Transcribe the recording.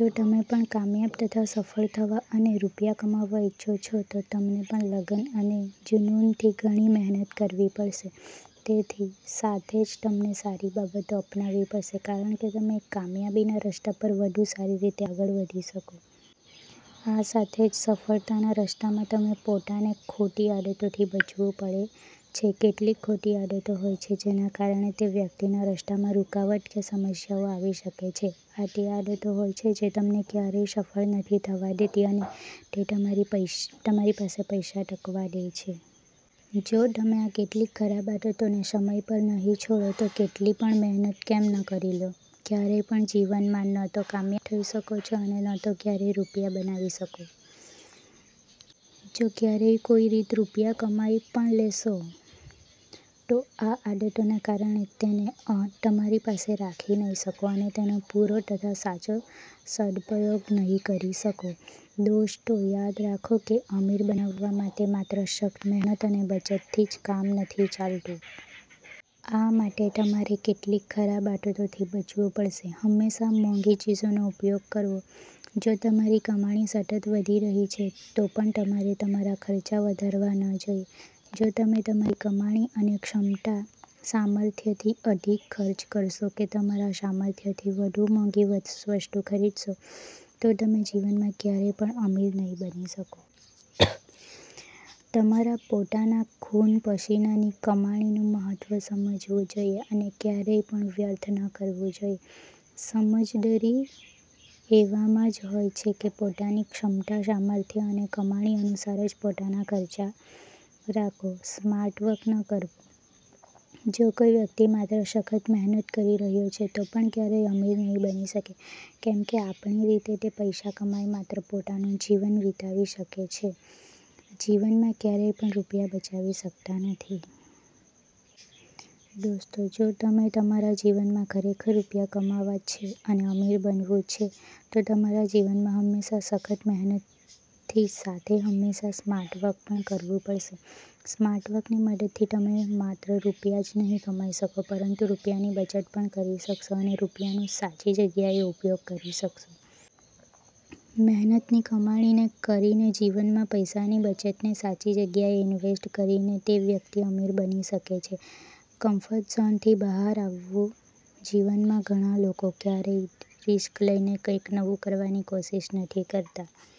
જો તમે પણ કામયાબ તથા સફળ થવા અને રૂપિયા કમાવવા ઇચ્છો છો તો તમને પણ લગન અને જુનુનથી ઘણી મહેનત કરવી પડશે. તેની સાથે જ તમને સારી બાબતો અપનાવી પડશે. કારણ કે તમે કામયાબીના રસ્તા પર વધુ સારી રીતે આગળ વધી શકો. આ સાથે જ સફળતાના રસ્તામાં તમે પોતાને ખોટી આદતોથી બચવું પડે છે. કેટલીક ખોટી આદતો હોય છે, જેના કારણે તે વ્યકિતના રસ્તામાં રૂકાવટ કે સમસ્યાઓ આવી શકે છે. આ તે આદતો હોય છે જે તમને કયારેક સફળ નથી થવા દેતી અને તે તમારી પાસે પૈસા ટકવા દે છે. જો તમે આ કેટલીક ખરાબ આદતોને સમય પર નહીં છોડો તો કેટલી પણ મહેનત કેમ ન કરી લો, કયારેય પણ જીવનમાં ન તો કામયાબ થઇ શકો અને ન તો કયારેય રૂપિયા બનાવી શકશો. જો કયારેય કોઇ રીત રૂપિયા કમાઇ પણ લેશો તો આ આદતોના કારણે તેને તમારી પાસે રાખી નહીં શકો અને તેનો પુરો તથા સાચો સદપયોગ નહીં કરી શકો. દોસ્તો યાદ રાખો કે અમીર બનાવવા માટે માત્ર સખ્ત મહેનત અને બચતથી જ કામ નથી ચાલતું. આ માટે તમારે કેટલીક ખરાબ આદતોથી બચવુ પડશે. હંમેશા મોંઘી ચીજોનો ઉપયોગ કરવો:જો તમારી કમાણી સતત વધી રહી છે તો પણ તમારે તમારા ખર્ચ વધારવા ન જોઇએ. જો તમે તમારી કમાણી અને ક્ષમતા-સામર્થ્યથી અધિક ખર્ચ કરશો કે તમારા સામર્થ્યથી વધુ મોંઘી વસ્તુ ખરીદશો તો તમે જીવનમાં કયારેય પણ અમીર નહીં બની શકો. તમારા પોતાના ખુન-પસીનાની કમાણીનું મહત્વ સમજવું જોઇએ અને કયારેય પણ વ્યર્થ ન કરવું જોઇએ. સમજદારી એવામાં જ હોય છે કે પોતાની ક્ષમતા-સામર્થ્ય અને કમાણી અનુસાર જ પોતાના ખર્ચ રાખો. સ્માર્ટ વર્ક ન કરવું: જો કોઇ વ્યકિત માત્ર સખ્ત મહેનત કરી રહયો છે તો પણ કયારેય અમીર નહીં બની શકે, કેમ કે આવી રીતે તે પૈસા કમાઇ માત્ર પોતાનું જીવન વીતાવી શકે છે, જીવનમાં કયારેય પણ રૂપિયા બચાવી શકતા નથી. દોસ્તો જો તમે તમારા જીવનમાં ખરેખર રૂપિયા કમાવા છે અને અમીર બનવું છે તો તમારા જીવનમાં હંમેશા સખ્ત મહેનતથી સાથે હંમેશા સ્માર્ટ વર્ક પણ કરવું પડશે. સ્માર્ટ વર્કની મદદથી તમે માત્ર રૂપિયા જ નહીં કમાઇ શકો, પરંતુ રૂપિયાની બચત પણ કરી શકશો અને રૂપિયાનું સાચી જગ્યાએ ઉપયોગ કરી શકશો. મહેનતની કમાણી કરીને જીવનમાં પૈસાની બચતને સાચી જગ્યાએ ઇન્વેસ્ટ કરીને તે વ્યકિત અમીર બની શકે છે. કંફર્ટ ઝોનથી બહાર આવવું: જીવનમાં ઘણા લોકો કયારેક રીસ્ક લઇને કંઇક નવું કરવાની કોશિષ નથી કરતા.